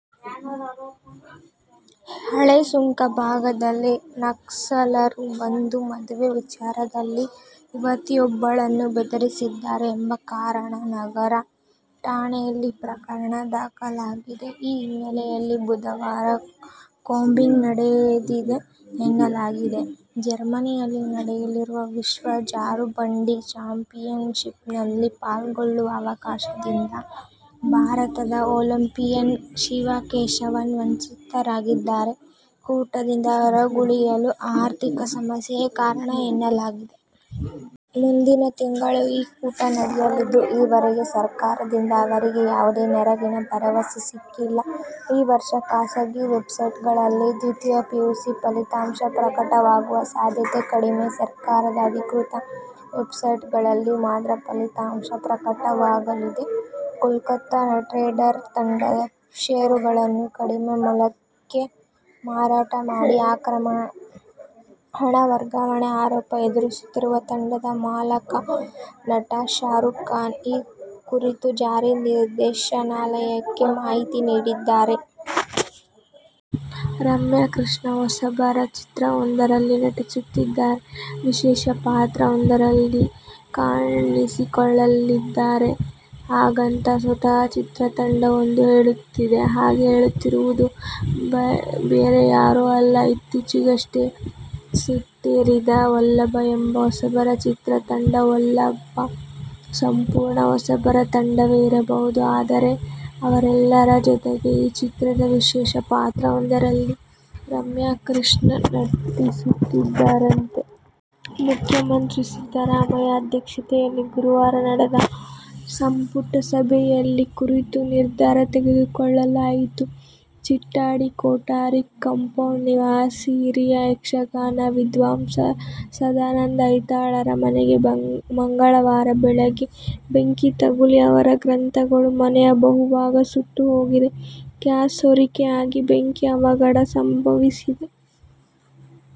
ಹಳೇಸುಂಕ ಭಾಗದಲ್ಲಿ ನಕ್ಸಲರು ಬಂದು, ಮದುವೆ ವಿಚಾರದಲ್ಲಿ ಯುವತಿಯೊಬ್ಬಳನ್ನು ಬೆದರಿಸಿದ್ದಾರೆ ಎಂಬ ಕಾರಣ ನಗರ ಠಾಣೆಯಲ್ಲಿ ಪ್ರಕರಣ ದಾಖಲಾಗಿದೆ. ಈ ಹಿನ್ನೆಲೆಯಲ್ಲಿ ಬುಧವಾರ ಕೂಂಬಿಂಗ್ ನಡೆದಿದೆ ಎನ್ನಲಾಗಿದೆೆ. ಜರ್ಮನಿಯಲ್ಲಿ ನಡೆಯಲಿರುವ ವಿಶ್ವ ಜಾರುಬಂಡಿ ಚಾಂಪಿಯನ್ಶಿಪ್ನಲ್ಲಿ ಪಾಲ್ಗೊಳ್ಳುವ ಅವಕಾಶದಿಂದ ಭಾರತದ ಒಲಿಂಪಿಯನ್ ಶಿವಕೇಶವನ್ ವಂಚಿತರಾಗಿದ್ದಾರೆ. ಕೂಟದಿಂದ ಹೊರಗುಳಿಯಲು ಆರ್ಥಿಕ ಸಮಸ್ಯೆಯೇ ಕಾರಣ ಎನ್ನಲಾಗಿದೆ. ಮುಂದಿನ ತಿಂಗಳು ಈ ಕೂಟ ನಡೆಯಲಿದ್ದು, ಈವರೆಗೆ ಸರಕಾರದಿಂದ ಅವರಿಗೆ ಯಾವುದೇ ನೆರವಿನ ಭರವಸೆ ಸಿಕ್ಕಿಲ್ಲ. ಈ ವರ್ಷ ಖಾಸಗಿ ವೆಬ್ಸೈಟ್ಗಳಲ್ಲಿ ದ್ವಿತೀಯ ಪಿಯುಸಿ ಫಲಿತಾಂಶ ಪ್ರಕಟವಾಗುವ ಸಾಧ್ಯತೆ ಕಡಿಮೆ. ಸರ್ಕಾರದ ಅಧಿಕೃತ ವೆಬ್ಸೈಟ್ಗಳಲ್ಲಿ ಮಾತ್ರ ಫಲಿತಾಂಶ ಪ್ರಕಟವಾಗಲಿದೆ. ಕೋಲ್ಕತಾ ನೈಟ್ರೈಡರ್ ತಂಡದ ಷೇರುಗಳನ್ನು ಕಡಿಮೆ ಮೌಲ್ಯಕ್ಕೆ ಮಾರಾಟ ಮಾಡಿ ಅಕ್ರಮ ಹಣ ವರ್ಗಾವಣೆ ಆರೋಪ ಎದುರಿಸುತ್ತಿರುವ ತಂಡದ ಮಾಲಕ, ನಟ ಶಾರುಖ್ ಖಾನ್ ಈ ಕುರಿತು ಜಾರಿ ನಿರ್ದೇಶನಾಲಯಕ್ಕೆ ಮಾಹಿತಿ ನೀಡಿದ್ದಾರೆ. ರಮ್ಯಾ ಕೃಷ್ಣ ಹೊಸಬರ ಚಿತ್ರವೊಂದರಲ್ಲಿ ನಟಿಸುತ್ತಿದ್ದಾರೆ, ವಿಶೇಷ ಪಾತ್ರವೊಂದರಲ್ಲಿ ಕಾಣಿಸಿಕೊಳ್ಳಲಿದ್ದಾರೆ. ಹಾಗಂತ ಸ್ವತಃ ಚಿತ್ರತಂಡವೊಂದು ಹೇಳುತ್ತಿದೆ. ಹಾಗೆ ಹೇಳುತ್ತಿರುವುದು ಬೇರ್ಯಾರೋ ಅಲ್ಲ, ಇತ್ತೀಚೆಗಷ್ಟೇ ಸೆಟ್ಟೇರಿದ "ವಲ್ಲಭ' ಎಂಬ ಹೊಸಬರ ಚಿತ್ರತಂಡ. "ವಲ್ಲಭ' ಸಂಪೂರ್ಣ ಹೊಸಬರ ತಂಡವೇ ಇರಬಹುದು. ಆದರೆ, ಅವರೆಲ್ಲರ ಜೊತೆಗೆ ಈ ಚಿತ್ರದ ವಿಶೇಷ ಪಾತ್ರವೊಂದರಲ್ಲಿ ರಮ್ಯಾಕೃಷ್ಣ ನಟಿಸುತ್ತಿದ್ದಾರಂತೆ. ಮುಖ್ಯಮಂತ್ರಿ ಸಿದ್ದರಾಮಯ್ಯ ಅಧ್ಯಕ್ಷತೆಯಲ್ಲಿ ಗುರುವಾರ ನಡೆದ ಸಂಪುಟ ಸಭೆಯಲ್ಲಿ ಈ ಕುರಿತು ನಿರ್ಧಾರ ತೆಗೆದುಕೊಳ್ಳಲಾಯಿತು. ಚಿಟ್ಟಾಡಿ ಕೊಠಾರಿ ಕಂಪೌಂಡ್ ನಿವಾಸಿ, ಹಿರಿಯ ಯಕ್ಷಗಾನ ವಿದ್ವಾಂಸ ಸದಾನಂದ ಐತಾಳರ ಮನೆಗೆ ಮಂಗಳವಾರ ಬೆಳಗ್ಗೆ ಬೆಂಕಿ ತಗುಲಿ ಅವರ ಗ್ರಂಥಗಳು, ಮನೆಯ ಬಹುಭಾಗ ಸುಟ್ಟು ಹೋಗಿದೆ. ಗ್ಯಾಸ್ ಸೋರಿಕೆಯಾಗಿ ಬೆಂಕಿ ಅವಘಡ ಸಂಭವಿಸಿದೆ.